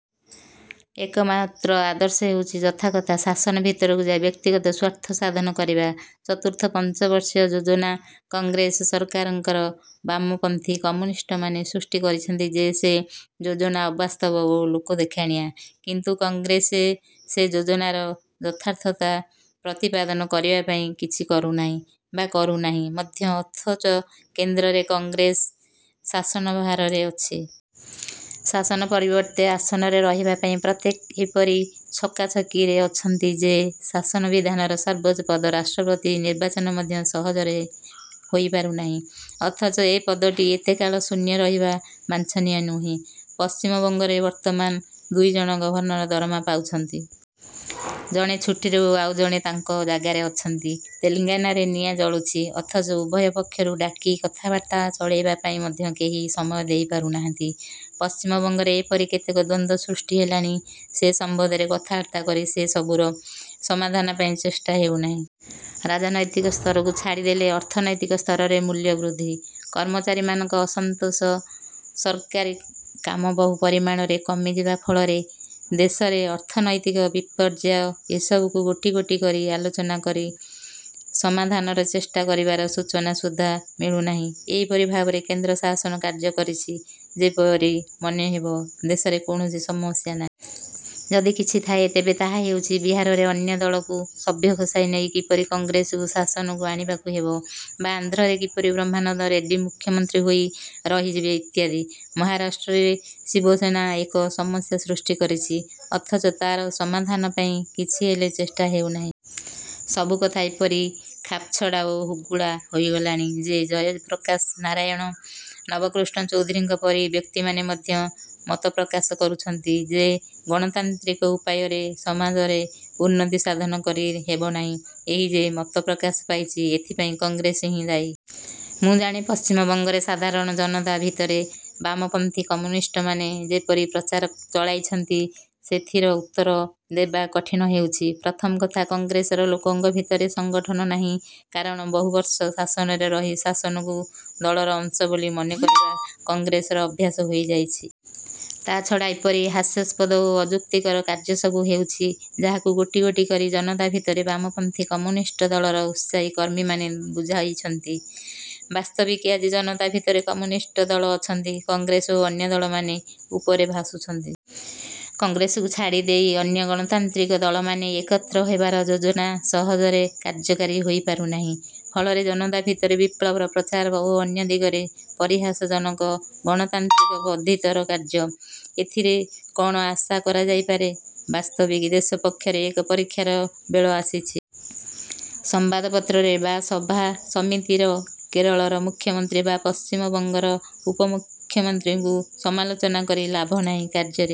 ଏକମାତ୍ର ଆଦର୍ଶ ହେଉଛି ଯଥାକଥା ଶାସନ ଭିତରକୁ ଯାଇ ବ୍ୟକ୍ତିଗତ ସ୍ୱାର୍ଥ ସାଧନ କରିବା। ଚତୁର୍ଥ ପଞ୍ଚବର୍ଷୀୟ ଯୋଜନା କଂଗ୍ରେସ ସରକାରଙ୍କର। ବାମପନ୍ଥୀ କମ୍ୟୁନିଷ୍ଟମାନେ ସୃଷ୍ଟି କରୁଛନ୍ତି ଯେ ସେ ଯୋଜନା ଅବାସ୍ତବ ଓ ଲୋକଦେଖାଣିଆ। କିନ୍ତୁ କଂଗ୍ରେସ ସେ ଯୋଜନାର ଯଥାର୍ଥତା ପ୍ରତିପାଦନ କରିବା ପାଇଁ କିଛି କରୁନାହିଁ ବା କହୁନାହିଁ ମଧ୍ୟ; ଅଥଚ କେନ୍ଦ୍ରରେ କଂଗ୍ରେସ ଶାସନଭାରରେ ଅଛି। ଶାସନ ପରିବର୍ତ୍ତେ ଆସନରେ ରହିବାପାଇଁ ପ୍ରତ୍ୟେକେ ଏପରି ଛକାଛକିରେ ଅଛନ୍ତି ଯେ ଶାସନ ବିଧାନର ସର୍ବୋଚ୍ଚ ପଦ ରାଷ୍ଟ୍ରପତି ନିର୍ବାଚନ ମଧ୍ୟ ସହଜରେ ହୋଇପାରୁ ନାହିଁ। ଅଥଚ ଏ ପଦଟି ଏତେକାଳ ଶୂନ୍ୟ ରହିବା ବାଞ୍ଛନୀୟ ନୁହେଁ। ପଶ୍ଚିମବଙ୍ଗରେ ବର୍ତ୍ତମାନ ଦୁଇଜଣ ଗଭର୍ଣ୍ଣର ଦରମା ପାଉଛନ୍ତି। ଜଣେ ଛୁଟିରେ ଓ ଆଉ ଜଣେ ତାଙ୍କ ଜାଗାରେ ଅଛନ୍ତି। ତେଲେଙ୍ଗାନାରେ ନିଆଁ ଜଳୁଛି; ଅଥଚ ଉଭୟ ପକ୍ଷକୁ ଡାକି କଥାବାର୍ତ୍ତା ଚଳେଇବା ପାଇଁ ମଧ୍ୟ କେହି ସମୟ ଦେଇ ପାରୁନାହାନ୍ତି। ପଶ୍ଚିମବଙ୍ଗରେ ଏପରି କେତେକ ଦ୍ୱନ୍ଦ୍ୱ ସୃଷ୍ଟି ହେଲାଣି, ସେ ସମ୍ବନ୍ଧରେ କଥାବାର୍ତ୍ତା କରି ସେ ସବୁର ସମାଧାନ ପାଇଁ ଚେଷ୍ଟା ହେଉନାହିଁ। ରାଜନୈତିକ ସ୍ତରକୁ ଛାଡ଼ିଦେଲେ ଅର୍ଥନୈତିକ ସ୍ତରରେ ମୂଲ୍ୟ ବୃଦ୍ଧି, କର୍ମଚାରୀମାନଙ୍କ ଅସନ୍ତୋଷ, ସରକାରୀ କାମ ବହୁ ପରିମାଣରେ କମିଯିବା ଫଳରେ ଦେଶରେ ଅର୍ଥନୈତିକ ବିପର୍ଯ୍ୟୟ ଏସବୁକୁ ଗୋଟି ଗୋଟି କରି ଆଲୋଚନା କରି ସମାଧାନର ଚେଷ୍ଟା କରିବାର ସୂଚନା ସୁଦ୍ଧା ମିଳୁନାହିଁ। ଏପରି ଭାବରେ କେନ୍ଦ୍ର ଶାସନ କାର୍ଯ୍ୟ କରୁଛି ଯେପରି ମନେ ହେବ ଦେଶରେ କୌଣସି ସମସ୍ୟା ନାହିଁ। ଯଦି କିଛି ଥାଏ ତେବେ ତାହା ହେଉଛି ବିହାରରେ ଅନ୍ୟ ଦଳରୁ ସଭ୍ୟ ଖସାଇ ନେଇ କିପରି କଂଗ୍ରେସକୁ ଶାସନକୁ ଆଣିବାକୁ ହେବ ବା ଆନ୍ଧ୍ରରେ କିପରି ବ୍ରହ୍ମାନନ୍ଦ ରେଡ଼ି ମୁଖ୍ୟମନ୍ତ୍ରୀ ହୋଇ ରହିଯିବେ ଇତ୍ୟାଦି। ମହାରାଷ୍ଟ୍ରରେ ଶିବସେନା ଏକ ସମସ୍ୟା ସୃଷ୍ଟି କରିଛି। ଅଥଚ ତା'ର ସମାଧାନ ପାଇଁ କିଛି ହେଲେ ଚେଷ୍ଟା ହେଉନାହିଁ। ସବୁ କଥା ଏପରି ଖାପଛଡ଼ା ଓ ହୁଗୁଳା ହୋଇଗଲାଣି ଯେ ଜୟପ୍ରକାଶ ନାରାୟଣ, ନବକୃଷ୍ଣ ଚୌଧୁରୀଙ୍କ ପରି ବ୍ୟକ୍ତିମାନେ ମଧ୍ୟ ମତପ୍ରକାଶ କରୁଛନ୍ତି ଯେ ଗଣତାନ୍ତ୍ରିକ ଉପାୟରେ ସମାଜର ଉନ୍ନତି ସାଧନ କରି ହେବନାହିଁ। ଏହି ଯେ ମତ ପ୍ରକାଶ ପାଉଛି ଏଥିପାଇଁ କଂଗ୍ରେସ ହିଁ ଦାୟୀ। ମୁଁ ଜାଣେ ପଶ୍ଚିମବଙ୍ଗରେ ସାଧାରଣ ଜନତା ଭିତରେ ବାମପନ୍ଥୀ କମ୍ୟୁନିଷ୍ଟମାନେ ଯେପରି ପ୍ରଚାର ଚଳାଇଛନ୍ତି ସେଥିର ଉତ୍ତର ଦେବା କଠିନ ହେଉଛି। ପ୍ରଥମ କଥା କଂଗ୍ରେସର ଲୋକଙ୍କ ଭିତରେ ସଙ୍ଗଠନ ନାହିଁ, କାରଣ ବହୁବର୍ଷ ଶାସନରେ ରହି ଶାସନକୁ ଦଳର ଅଂଶ ବୋଲି ମନେ କରିବା କଂଗ୍ରେସର ଅଭ୍ୟାସ ହୋଇଯାଇଛି। ତା'ଛଡ଼ା ଏପରି ହାସ୍ୟାସ୍ପଦ ଓ ଅଯୁକ୍ତିକର କାର୍ଯ୍ୟ ସବୁ ହେଉଛି ଯାହାକୁ ଗୋଟି ଗୋଟି କରି ଜନତା ଭିତରେ ବାମପନ୍ଥୀ କମ୍ୟୁନିଷ୍ଟ ଦଳର ଉତ୍ସାହୀ କର୍ମୀମାନେ ବୁଝାଉଛନ୍ତି। ବାସ୍ତବିକ ଆଜି ଜନତା ଭିତରେ କମ୍ୟୁନିଷ୍ଟ ଦଳ ଅଛନ୍ତି। କଂଗ୍ରେସ ଓ ଅନ୍ୟ ଦଳମାନେ ଉପରେ ଭାସୁଛନ୍ତି। କଂଗ୍ରେସକୁ ଛାଡ଼ିଦେଇ ଅନ୍ୟ ଗଣତାନ୍ତ୍ରିକ ଦଳମାନେ ଏକତ୍ର ହେବାର ଯୋଜନା ସହଜରେ କାର୍ଯ୍ୟକାରୀ ହୋଇପାରୁନାହିଁ। ଫଳରେ ଜନତା ଭିତରେ ବିପ୍ଳବର ପ୍ରଚାର ଓ ଅନ୍ୟ ଦିଗରେ ପରିହାସଜନକ ଗଣତାନ୍ତ୍ରିକ ପଦ୍ଧିତର କାର୍ଯ୍ୟ। ଏଥିରେ କଅଣ ଆଶା କରାଯାଇପାରେ? ବାସ୍ତବିକ ଦେଶ ପକ୍ଷରେ ଏକ ପରୀକ୍ଷାର ବେଳ ଆସିଛି। ସମ୍ବାଦପତ୍ରରେ ବା ସଭା ସମିତିରେ କେରଳର ମୁଖ୍ୟମନ୍ତ୍ରୀ ବା ପଶ୍ଚିମବଙ୍ଗର ଉପମୁଖ୍ୟମନ୍ତ୍ରୀଙ୍କୁ ସମାଲୋଚନା କରି ଲାଭ ନାହିଁ। କାର୍ଯ୍ୟରେ